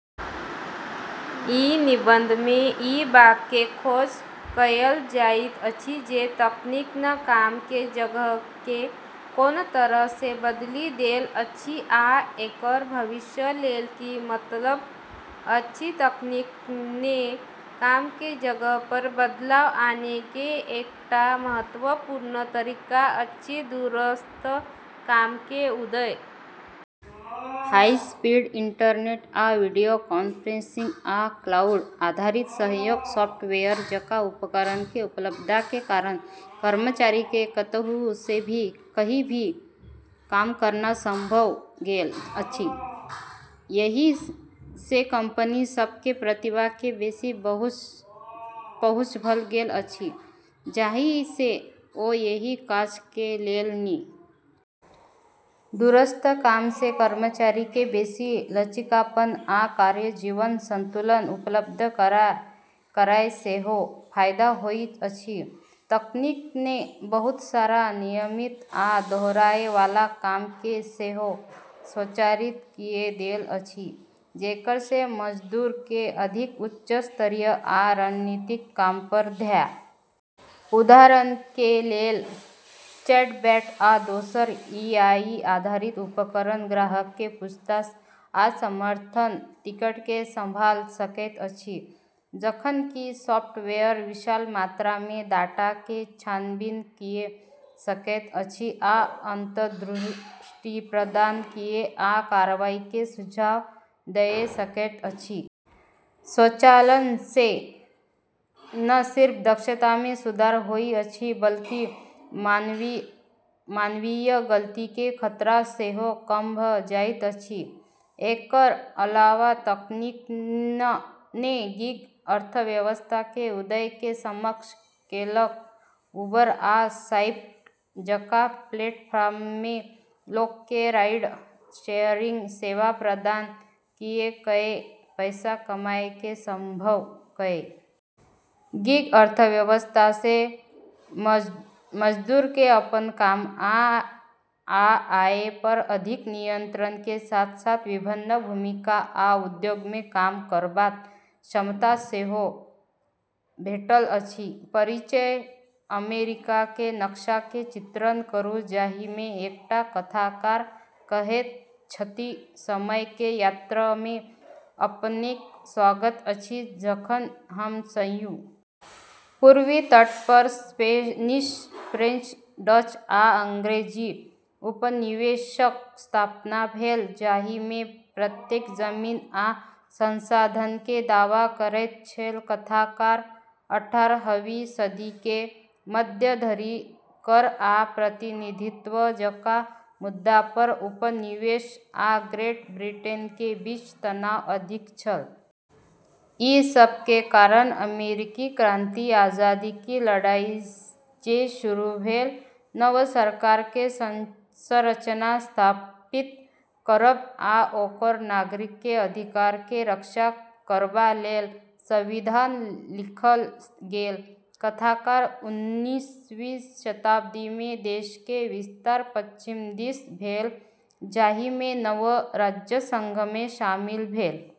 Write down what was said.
ई निबंध मे ई बात के खोज कएल जाइत अछि जे तकनीक नँ काम के जगह के कोन तरह सँ बदलि देल अछि आ एकर भविष्य लेल की मतलब अछि। तकनीक नँ काम के जगह पर बदलाव आने के एकटा महत्वपूर्ण तरीका अछि दूरस्थ काम के उदय। हाई स्पीड इंटरनेट आ वीडियो कॉन्फ्रेंसिंग आ क्लाउड आधारित सहयोग सॉफ्टवेयर जकां उपकरण के उपलब्धता के कारण कर्मचारी के कतहु सँ भी, कहीं भी काम करना संभव भ गेल अछि। एहि सँ कंपनी सभ के प्रतिभा के बेसी पहुंच भ गेल अछि, जाहि सँ ओ एहि काज के लेल नीक लोक के राखि सकैत छथिन्ह, चाहे ओ कतहु रहथि। दूरस्थ काम सँ कर्मचारी के बेसी लचीलापन आ कार्य-जीवन संतुलन उपलब्ध करा कए सेहो फायदा होइत अछि। तकनीक नँ बहुत सारा नियमित आ दोहराए वाला काम के सेहो स्वचालित कए देल अछि, जेकर सँ मजदूर के अधिक उच्च स्तरीय आ रणनीतिक काम पर ध्यान केंद्रित करबा लेल मुक्त कएल गेल अछि। उदाहरण के लेल, चैटबॉट आ दोसर एआई आधारित उपकरण ग्राहक के पूछताछ आ समर्थन टिकट के संभाल सकैत अछि, जखन कि सॉफ्टवेयर विशाल मात्रा मे डाटा के छानबीन कए सकैत अछि आ अंतर्दृष्टि प्रदान कए आ कार्रवाई के सुझाव दए सकैत अछि। स्वचालन सँ न सिर्फ दक्षता मे सुधार होइत अछि, बल्कि मानवीय गलती के खतरा सेहो कम भ जाइत अछि। एकर अलावा तकनीक नँ गिग अर्थव्यवस्था के उदय के सक्षम केलक। उबर आ लाइफ्ट जकां प्लेटफॉर्म नँ लोक के राइड-शेयरिंग सेवा प्रदान कए कए पैसा कमाए के संभव कए देल अछि, जबकि अपवर्क आ फाइवर जकां वेबसाइट फ्रीलांसर के पूरा दुनिया मे ग्राहक के अपन सेवा देबाक अनुमति दैत अछि। गिग अर्थव्यवस्था सँ मजदूर के अपन काम आ आय पर अधिक नियंत्रण के साथ-साथ विभिन्न भूमिका आ उद्योग मे काम करबाक क्षमता सेहो भेटल अछि। परिचय अमेरिका के नक्शा के चित्रण करू जाहि मे एकटा कथाकार कहैत छथि समय के यात्रा मे अपनेक स्वागत अछि जखन हम संयुक्त राज्य अमेरिका के इतिहास के खोज करैत छी। पूर्वी तट पर स्पेनिश, फ्रेंच, डच, आ अंग्रेजी उपनिवेशक स्थापना भेल, जाहि मे प्रत्येक जमीन आ संसाधन के दावा करैत छल। कथाकार अठारहवीं सदी के मध्य धरि कर आ प्रतिनिधित्व जकां मुद्दा पर उपनिवेश आ ग्रेट ब्रिटेन के बीच तनाव अधिक छल। ई सब के कारण अमेरिकी क्रांति, आजादी के लड़ाई जे शुरू भेल। नव सरकार के संरचना स्थापित करब आ ओकर नागरिक के अधिकार के रक्षा करबा लेल संविधान लिखल गेल। कथाकार उन्नीसवीं शताब्दी मे देश के विस्तार पश्चिम दिस भेल, जाहि मे नव राज्य संघ मे शामिल भेल।